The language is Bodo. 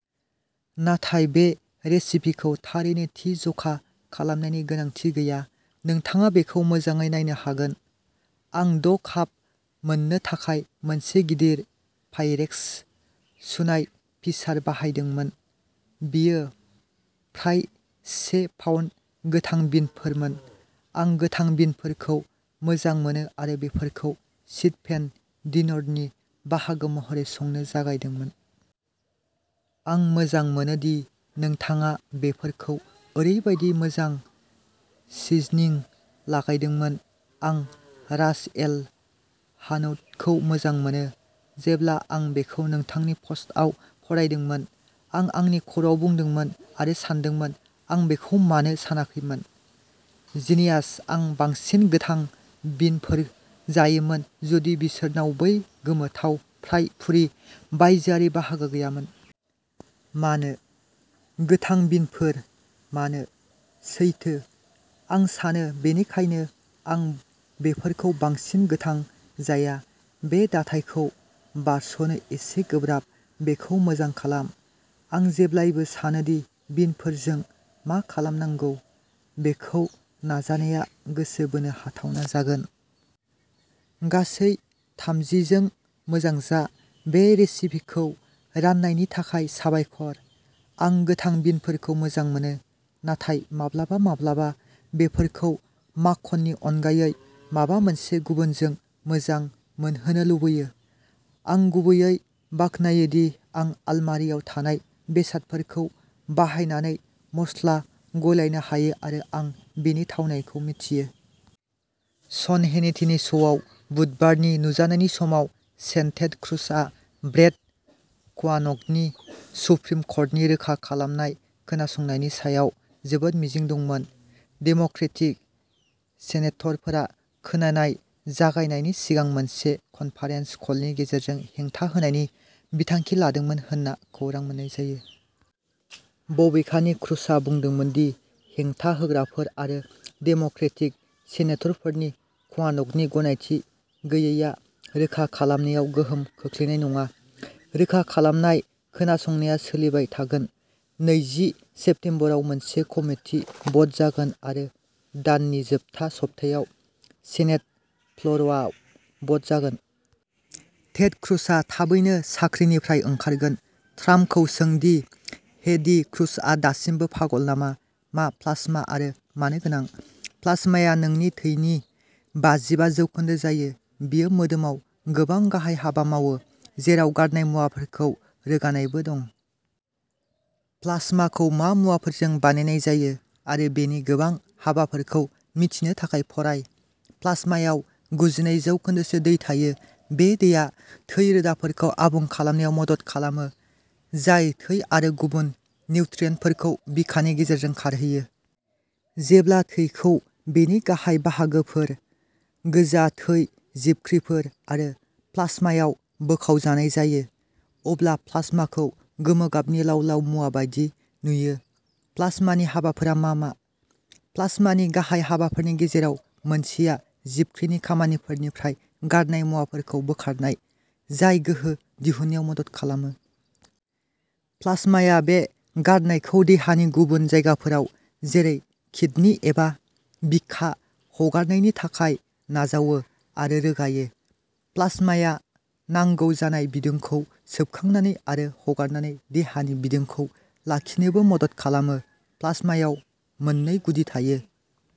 नाथाय बे रेसिपिखौ थारैनो थि जखा खालामनायनि गोनांथि गैया नोंथाङा बेखौ मोजाङै नायनो हागोन। आं द' काप मोननो थाखाय मोनसे गिदिर पाइरेक्स सुनाय पिचार बाहायदोंमोन, बेयो फ्राय से पाउन्द गोथां बिनफोरमोन। आं गोथां बिनफोरखौ मोजां मोनो आरो बेफोरखौ शीट पेन डिनरनि बाहागो महरै संनो जागायदों। आं मोजां मोनो दि नोंथाङा बेफोरखौ ओरैबायदि मोजां सिजनिं लागायदोंमोन। आं रास एल हानौतखौ मोजां मोनो। जेब्ला आं बेखौ नोंथांनि पस्टआव फरायदोंमोन, आं आंनि खर'आव बुदोंमोन आरो सानदोंमोन, आं बेखौ मानो सानाखैमोन? जिनियास आं बांसिन गोथां बिनफोर जायोमोन जुदि बिसोरनाव बै गोमोथाव, फ्राय फुर्रि बायजोआरि बाहागो गैयामोन। मानो, गोथां बिनफोर, मानो? सैथो। आं सानो बेनिखायनो आं बेफोरखौ बांसिन गोथां जाया बे दाथायखौ बारस'नो एसे गोब्राब बेखौ मोजां खालाम, आं जेब्लाबो सानो दि बिनफोरजों मा खालामनांगौ, बेखौ नाजानाया गोसो बोनो हाथावना जागोन। गासै थामजि जों मोजां जा। बे रेसिपिखौ राननायनि थाखाय साबायखर। आं गोथां बिनफोरखौ मोजां मोनो, नाथाय माब्लाबा-माब्लाबा बेफोरखौ माखननि अनगायै माबा मोनसे गुबुनजों मोजां मोनहोनो लुबैयो। आं गुबैयै बाख्नायो दि आं आलमारिआव थानाय बेसादफोरखौ बाहायनानै मस्ला गलायनो हायो आरो आं बेनि थावनायखौ मिथियो। शन हेनिटिनि श'आव बुधबारनि नुजानायनि समाव, सेन टेड क्रुज आ ब्रेट कावान'गनि सुप्रिम कर्टनि रोखा खालामनाय खोनासंनायनि सायाव जोबोद मिजिं दंमोन। डेम'क्रेटिक सेनेटरफोरा खोनानाय जागायनायनि सिगां मोनसे कनफारेन्स कलनि गेजेरजों हेंथा होनायनि बिथांखि लादोंमोन होन्ना खौरां मोन्नाय जायो। बबेखानि, क्रुजआ बुंदोंमोन दि हेंथा होग्राफोर आरो डेम'क्रेटिक सेनेटरफोरनि कावान'गनि गनायथि गैयैआ रोखा खालामनायाव गोहोम खोख्लैनाय नङा। रोखा खालामनाय खोनासंनाया सोलिबाय थागोन, नैजि सेप्तेम्बराव मोनसे कमिटि भ'ट जागोन आरो दाननि जोबथा सप्तायाव सेनेट फ्ल'रआव भ'ट जागोन। टेड क्रुजआ थाबैनो साख्रिनिफ्राय ओंखारगोन। ट्राम्पखौ सों दि हेइडी क्रुजआ दासिमबो पागल नामा, मा प्लाज्मा आरो मानो गोनां? प्लाज्माया नोंनि थैनि बाजिबा जौखोन्दोसो जायो। बेयो मोदोमाव गोबां गाहाय हाबा मावो, जेराव गारनाय मुवाफोरखौ रोगानायबो दं। प्लाज्माखौ मा मुवाफोरजों बानायनाय जायो आरो बेनि गोबां हाबाफोरखौ मिथिनो थाखाय फराय। प्लाज्मायाव गुजिनै जौखोन्दोसो दै थायो। बे दैया थै रोदाफोरखौ आबुं खालामनायाव मदद खालामो, जाय थै आरो गुबुन निउट्रियेन्टफोरखौ बिखानि गेजेरजों खारहोयो। जेब्ला थैखौ बेनि गाहाय बाहागोफोर, गोजा थै जिबख्रिफोर आरो प्लाज्मायाव बोखावनाय जायो, अब्ला प्लाज्माखौ गोमो गाबनि लाव-लाव मुवा बायदि नुयो। प्लाजमानि हाबाफोरा मा मा? प्लाजमानि गाहाय हाबाफोरनि गेजेराव मोनसेआ जिबख्रिनि खामानिफोरनिफ्राय गारनाय मुवाफोरखौ बोखारनाय, जाय गोहो दिहुन्नायाव मदद खालामो। प्लाज्माया बे गारनायखौ देहानि गुबुन जायगाफोराव, जेरै किडनि एबा बिखा, हगारनायनि थाखाय नाजावो आरो रोगायो। प्लाज्माया नांगौ जानाय बिदुंखौ सोबखांनानै आरो हगारनानै देहानि बिदुंखौ लाखिनोबो मदद खालामो। प्लाज्मायाव मोननै गुदि थायो।